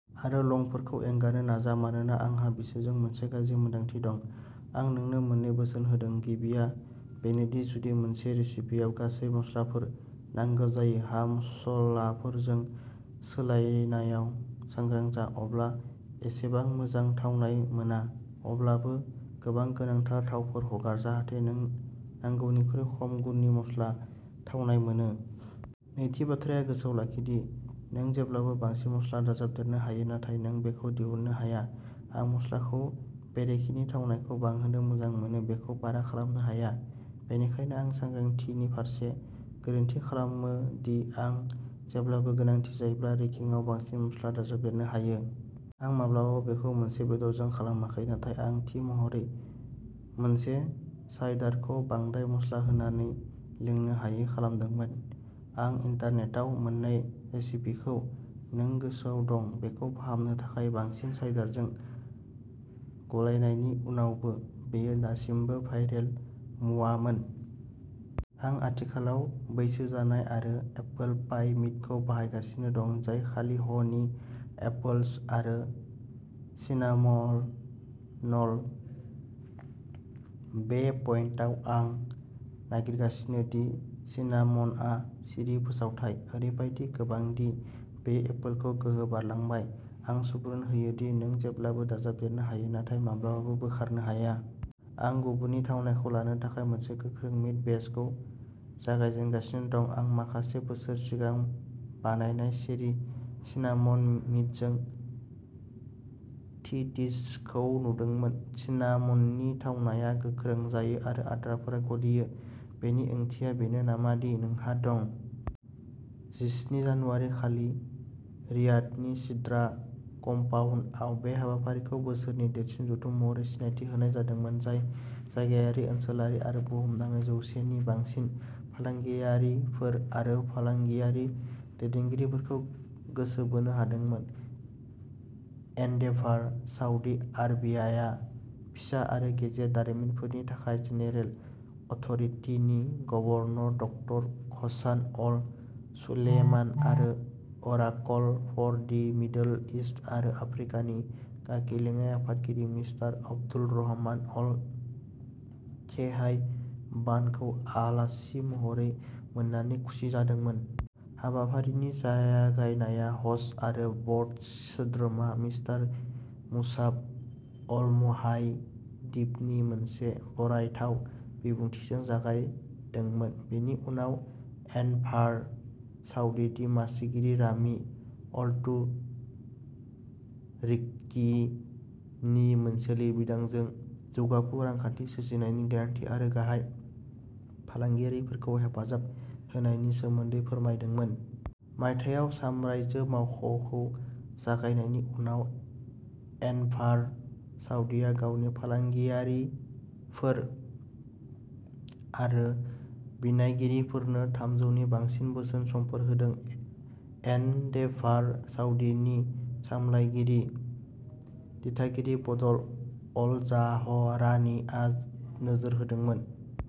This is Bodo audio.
आरो लंफोरखौ एंगारनो नाजा मानोना आंहा बिसोरजों मोनसे गाज्रि मोन्दांथि दं। आं नोंनो मोननै बोसोन होदों। गिबिया बेनो दि जुदि मोनसे रेसिपियाव गासै मस्लाफोर नांगौ जायो, हा मसलाफोरजों सोलायनायाव सांग्रां जा। अब्ला एसेबां मोजां थावनाय मोना अब्लाबो गोबां गोनांथार थावफोर हगार जाहाथे नों नांगौनिख्रुइ खम गुननि मस्ला थावनाय मोनो। नैथि बाथ्राया गोसोआव लाखि दि नों जेब्लाबो बांसिन मस्ला दाजाबदेरनो हायो नाथाय नों बेखौ दिहुननो हाया। आं मस्लाखौ बेरेखिनि थावनायखौ बांहोनो मोजां मोनो बेखौ बारा खालामनो हाया बेनिखायनो आं सांग्रांथिनि फारसे गोरोन्थि खालामो दि आं जेब्लाबो गोनांथि जायोब्ला रेकिंआव बांसिन मस्ला दाजाबदेरनो हायो। आं माब्लाबाबो बेखौ मोनसे बेदरजों खालामाखै नाथाय आं थि महरै मोनसे साइडारखौ बांद्राय मस्ला होनानै लोंनो हायै खालामदोंमोन। आं इन्टारनेटाव मोननाय रेसिपिखौ नों गोसोआव दं बेखौ फाहामनो थाखाय बांसिन साइडारजों गलायनायनि उनावबो बेयो दासिमबो भायरेल मुवामोन। आं आथिखालाव बैसो जानाय आरो एपोल पाइ मिडखौ बाहायगासिनो दं जाय खालि ह नी एपोल्स आरो सिनामनल। बे पइन्टआव आं नागिरगासिनो दि सिनामनआ सिरि फोसावथाव। ओरैबायदि गोबां दि बेयो एपोलखौ गोहो बारलांबाय। आं सुबुरुन होयो दि नों जेब्लाबो दाजाबदेरनो हायो नाथाय माब्लाबाबो बोखारनो हाया। आं गुबुननि थावनायखौ लानो थाखाय मोनसे गोख्रों मिड बेचखौ जागायजेनगासिनो दं। आं माखासे बोसोर सिगां बानायनाय चेरि सिनामन मिडजों थिटिसखौ नुदोंमोन। सिनामननि थावनाया गोख्रों जायो आरो आद्राफोरा गलियो। बेनि ओंथिया बेनो नामा दि नोंहा दं। जिस्नि जानुवारी खालि रियादनि सिद्रा कम्पाउन्डआव बे हाबाफारिखौ बोसोरनि देरसिन जथुम महरै सिनायथि होनाय जादोंमोन जाय जायगायारि ओनसोलारि आरो बुहुमनाङै जौवसेनि बांसिन फालांगियारिफोर आरो फालांगियारि दैदेनगिरिफोरखौ गोसो बोनो हादोंमोन। एन्डेभार साउदी आरबियाआ फिसा आरो गेजेर दारिमिनफोरनि थाखाय जेनेरेल अथ'रिटि नि गभर्नर डक्टर घसान अल-सुलेमान आरो Oracle for the Middle East आरो आफ्रिकानि गागि लेङाइ-आफादगिरि मिस्टार अब्दुलरहमान अल-थेहाइबानखौ आलासि महरै मोननानै खुसि जादोंमोन। हाबाफारिनि जागायनाया ह'स्ट आरो बर्ड सोद्रोमा मिस्टार मुसाब अलमुहाइदिबनि मोनसे बरायथाव बिबुंथिजों जागायदोंमोन बेनि उनाव एन्डेभार साउदीनि मासिगिरि रामि अलतुर्कीनि मोनसे लिरबिदांजों जौगाफु रांखान्थि सोरजिनायनि गोनांथि आरो गाहाय फालांगियारिफोरखौ हेफाजाब होनायनि सोमोन्दै फोरमायदोंमोन। मायथाइयाव सामराइजो मावख'खौ जागायनायनि उनाव एन्डेभार साउदीआ गावनि फालांगियारिफोर आरो बिनायगिरिफोरनो थामजौनि बांसिन बोसोन समफोर होदों एन्डेभार साउदीनि सामलायगिरि दिथागिरि बदर अलजाहरानीआ नोजोर होदोंमोन।